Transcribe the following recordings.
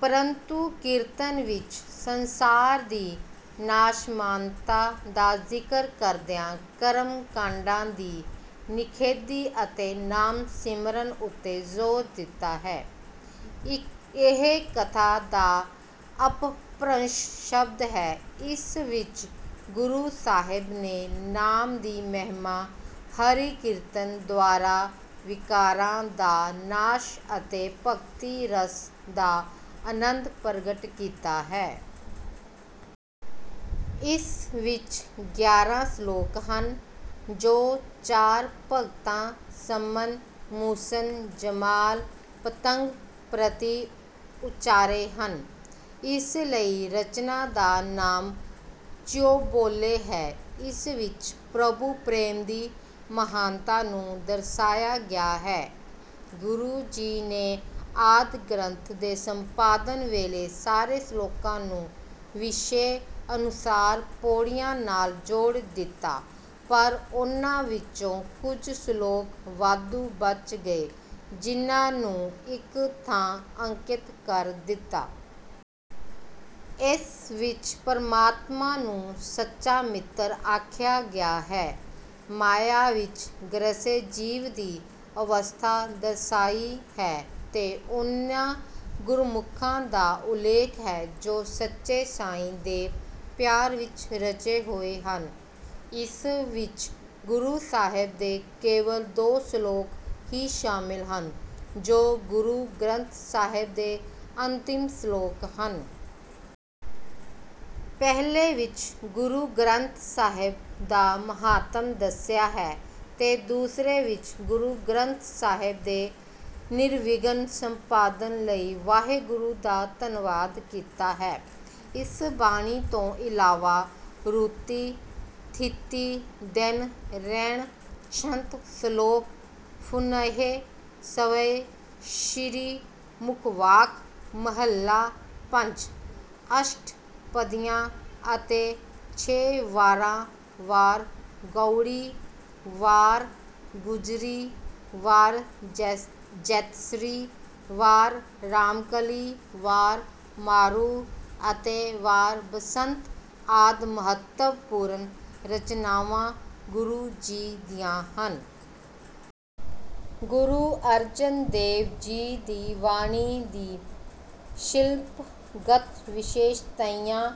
ਪਰੰਤੂ ਕੀਰਤਨ ਵਿੱਚ ਸੰਸਾਰ ਦੀ ਨਾਸ਼ਮਾਨਤਾ ਦਾ ਜ਼ਿਕਰ ਕਰਦਿਆਂ ਕਰਮ ਕਾਂਡਾਂ ਦੀ ਨਿਖੇਧੀ ਅਤੇ ਨਾਮ ਸਿਮਰਨ ਉੱਤੇ ਜ਼ੋਰ ਦਿੱਤਾ ਹੈ। ਇਹ ਕਥਾ ਦਾ ਅਪਭ੍ਰੰਸ਼ ਸ਼ਬਦ ਹੈ। ਇਸ ਵਿੱਚ ਗੁਰੂ ਸਾਹਿਬ ਨੇ ਨਾਮ ਦੀ ਮਹਿਮਾ ਹਰੀ ਕੀਰਤਨ ਦੁਆਰਾ ਵਿਕਾਰਾਂ ਦਾ ਨਾਸ਼ ਅਤੇ ਭਗਤੀ ਰਸ ਦਾ ਆਨੰਦ ਪ੍ਰਗਟ ਕੀਤਾ ਹੈ। ਇਸ ਵਿੱਚ ਗਿਆਰਾਂ ਸਲੋਕ ਹਨ, ਜੋ ਚਾਰ ਭਗਤਾਂ ਸੰਮਨ, ਮੂਸਨ, ਜਮਾਲ, ਪਤੰਗ ਪ੍ਰਤੀ ਉਚਾਰੇ ਹਨ। ਇਸ ਲਈ ਰਚਨਾ ਦਾ ਨਾਮ ਚਉਬੋਲੇ ਹੈ। ਇਸ ਵਿੱਚ ਪ੍ਰਭੂ ਪ੍ਰੇਮ ਦੀ ਮਹਾਨਤਾ ਨੂੰ ਦਰਸਾਇਆ ਗਿਆ ਹੈ। ਗੁਰੂ ਜੀ ਨੇ ਆਦਿ ਗ੍ਰੰਥ ਦੇ ਸੰਪਾਦਨ ਵੇਲੇ ਸਾਰੇ ਸਲੋਕਾਂ ਨੂੰ ਵਿਸ਼ੇ ਅਨੁਸਾਰ ਪੌੜੀਆਂ ਨਾਲ ਜੋੜ ਦਿੱਤਾ, ਪਰ ਉਨ੍ਹਾਂ ਵਿੱਚੋਂ ਕੁਝ ਸਲੋਕ ਵਾਧੂ ਬਚ ਗਏ, ਜਿਹਨਾਂ ਨੂੰ ਇੱਕ ਥਾਂ ਅੰਕਿਤ ਕਰ ਦਿੱਤਾ। ਇਸ ਵਿੱਚ ਪਰਮਾਤਮਾ ਨੂੰ ਸੱਚਾ ਮਿੱਤਰ ਆਖਿਆ ਗਿਆ ਹੈ। ਮਾਇਆ ਵਿੱਚ ਗ੍ਰਸੇ ਜੀਵ ਦੀ ਅਵਸਥਾ ਦਰਸਾਈ ਹੈ ਤੇ ਉਨ੍ਹਾਂ ਗੁਰਮੁਖਾਂ ਦਾ ਉਲੇਖ ਹੈ, ਜੋ ਸੱਚੇ ਸਾਈਂ ਦੇ ਪਿਆਰ ਵਿੱਚ ਰਚੇ ਹੋਏ ਹਨ। ਇਸ ਵਿੱਚ ਗੁਰੂ ਸਾਹਿਬ ਦੇ ਕੇਵਲ ਦੋ ਸਲੋਕ ਹੀ ਸ਼ਾਮਿਲ ਹਨ ਜੋ ਗੁਰੂ ਗ੍ਰੰਥ ਸਾਹਿਬ ਦੇ ਅੰਤਿਮ ਸਲੋਕ ਹਨ। ਪਹਿਲੇ ਵਿੱਚ ਗੁਰੂ ਗ੍ਰੰਥ ਸਾਹਿਬ ਦਾ ਮਹਾਤਮ ਦੱਸਿਆ ਹੈ ਤੇ ਦੂਸਰੇ ਵਿੱਚ ਗੁਰੂ ਗ੍ਰੰਥ ਸਾਹਿਬ ਦੇ ਨਿਰਵਿਘਨ ਸੰਪਾਦਨ ਲਈ ਵਾਹਿਗੁਰੂ ਦਾ ਧੰਨਵਾਦ ਕੀਤਾ ਹੈ। ਇਸ ਬਾਣੀ ਤੋਂ ਇਲਾਵਾ ਰੁਤੀ, ਥਿਤੀ, ਦਿਨ ਰੈਣਿ, ਛੰਤ, ਸਲੋਕ ਫੁਨਹੇ, ਸਵਯੇ ਸ੍ਰੀ ਮੁਖਵਾਕ ਮਹਲਾ ਪੰਜ, ਅਸ਼ਟਪਦੀਆਂ ਅਤੇ ਛੇ ਵਾਰਾਂ ਵਾਰ ਗਉੜੀ, ਵਾਰ ਗੂਜਰੀ, ਵਾਰ ਜੈਤਸਰੀ, ਵਾਰ ਰਾਮਕਲੀ, ਵਾਰ ਮਾਰੂ ਅਤੇ ਵਾਰ ਬਸੰਤ ਆਦਿ ਮਹੱਤਵਪੂਰਨ ਰਚਨਾਵਾਂ ਗੁਰੂ ਜੀ ਦੀਆਂ ਹਨ। ਗੁਰੂ ਅਰਜਨ ਦੇਵ ਜੀ ਦੀ ਬਾਣੀ ਦੀ ਸ਼ਿਲਪਗਤ ਵਿਸ਼ੇਸਤਾਈਆਂ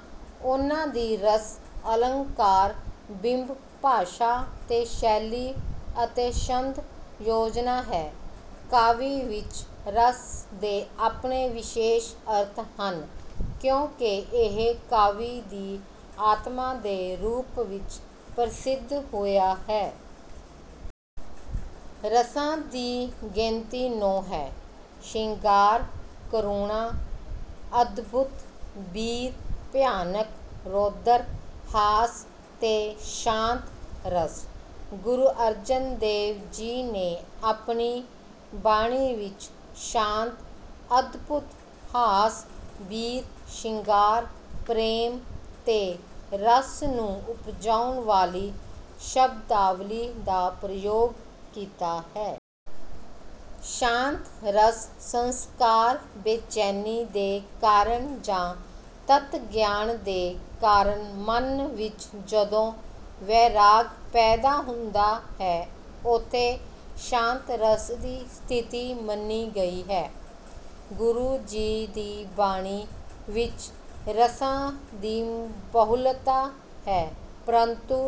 ਉਨ੍ਹਾਂ ਦੀ ਰਸ, ਅਲੰਕਾਰ, ਬਿੰਬ, ਭਾਸ਼ਾ ਤੇ ਸ਼ੈਲੀ ਅਤੇ ਛੰਦ ਯੋਜਨਾ ਹੈ। ਕਾਵਿ ਵਿੱਚ ਰਸ ਦੇ ਆਪਣੇ ਵਿਸ਼ੇਸ਼ ਅਰਥ ਹਨ, ਕਿਉਂਕਿ ਇਹ ਕਾਵਿ ਦੀ ਆਤਮਾ ਦੇ ਰੂਪ ਵਿੱਚ ਪ੍ਰਸਿੱਧ ਹੋਇਆ ਹੈ। ਰਸਾਂ ਦੀ ਗਿਣਤੀ ਨੌਂ ਹੈ। ਸ਼ਿੰਗਾਰ, ਕਰੁਣਾ, ਅਦਭੁਤ, ਬੀਰ, ਭਿਆਨਕ, ਰੌਦਰ, ਹਾਸ ਤੇ ਸ਼ਾਂਤ ਰਸ। ਗੁਰੂ ਅਰਜਨ ਦੇਵ ਜੀ ਨੇ ਆਪਣੀ ਬਾਣੀ ਵਿੱਚ ਸ਼ਾਂਤ, ਅਦਭੁਤ, ਹਾਸ, ਬੀਰ, ਸ਼ਿੰਗਾਰ, ਪ੍ਰੇਮ ਤੇ ਰਸ ਨੂੰ ਉਪਜਾਉਣ ਵਾਲੀ ਸ਼ਬਦਾਵਲੀ ਦਾ ਪ੍ਰਯੋਗ ਕੀਤਾ ਹੈ। ਸ਼ਾਂਤ ਰਸ ਸੰਸਾਰਕ ਬੇਚੈਨੀ ਦੇ ਕਾਰਨ ਜਾਂ ਤੱਤ ਗਿਆਨ ਦੇ ਕਾਰਨ ਮਨ ਵਿੱਚ ਜਦੋਂ ਵੈਰਾਗ ਪੈਦਾ ਹੁੰਦਾ ਹੈ, ਉੱਥੇ ਸ਼ਾਂਤ ਰਸ ਦੀ ਸਥਿਤੀ ਮੰਨੀ ਗਈ ਹੈ। ਗੁਰੂ ਜੀ ਦੀ ਬਾਣੀ ਵਿੱਚ ਰਸਾਂ ਦੀ ਬਹੁਲਤਾ ਹੈ ਪਰੰਤੂ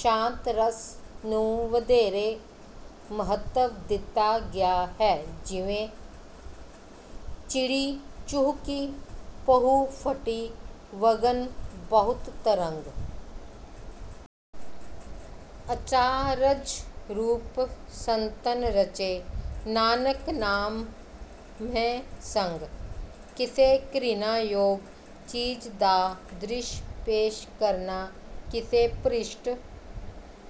ਸ਼ਾਂਤ ਰਸ ਨੂੰ ਵਧੇਰੇ ਮਹੱਤਵ ਦਿੱਤਾ ਗਿਆ ਹੈ ਜਿਵੇਂ: ਚਿੜੀ ਚੂਹਕੀ ਪਹੁ ਫਟੀ ਵਗਨਿ ਬਹੁਤ ਤਰੰਗ। ਅਚਾਰਜ ਰੂਪ ਸੰਤਨ ਰਚੇ ਨਾਨਕ ਨਾਮਹਿ ਸੰਗ। ਕਿਸੇ ਘ੍ਰਿਣਾ ਯੋਗ ਚੀਜ਼ ਦਾ ਦ੍ਰਿਸ਼ ਪੇਸ਼ ਕਰਨਾ, ਕਿਸੇ ਭ੍ਰਿਸ਼ਟ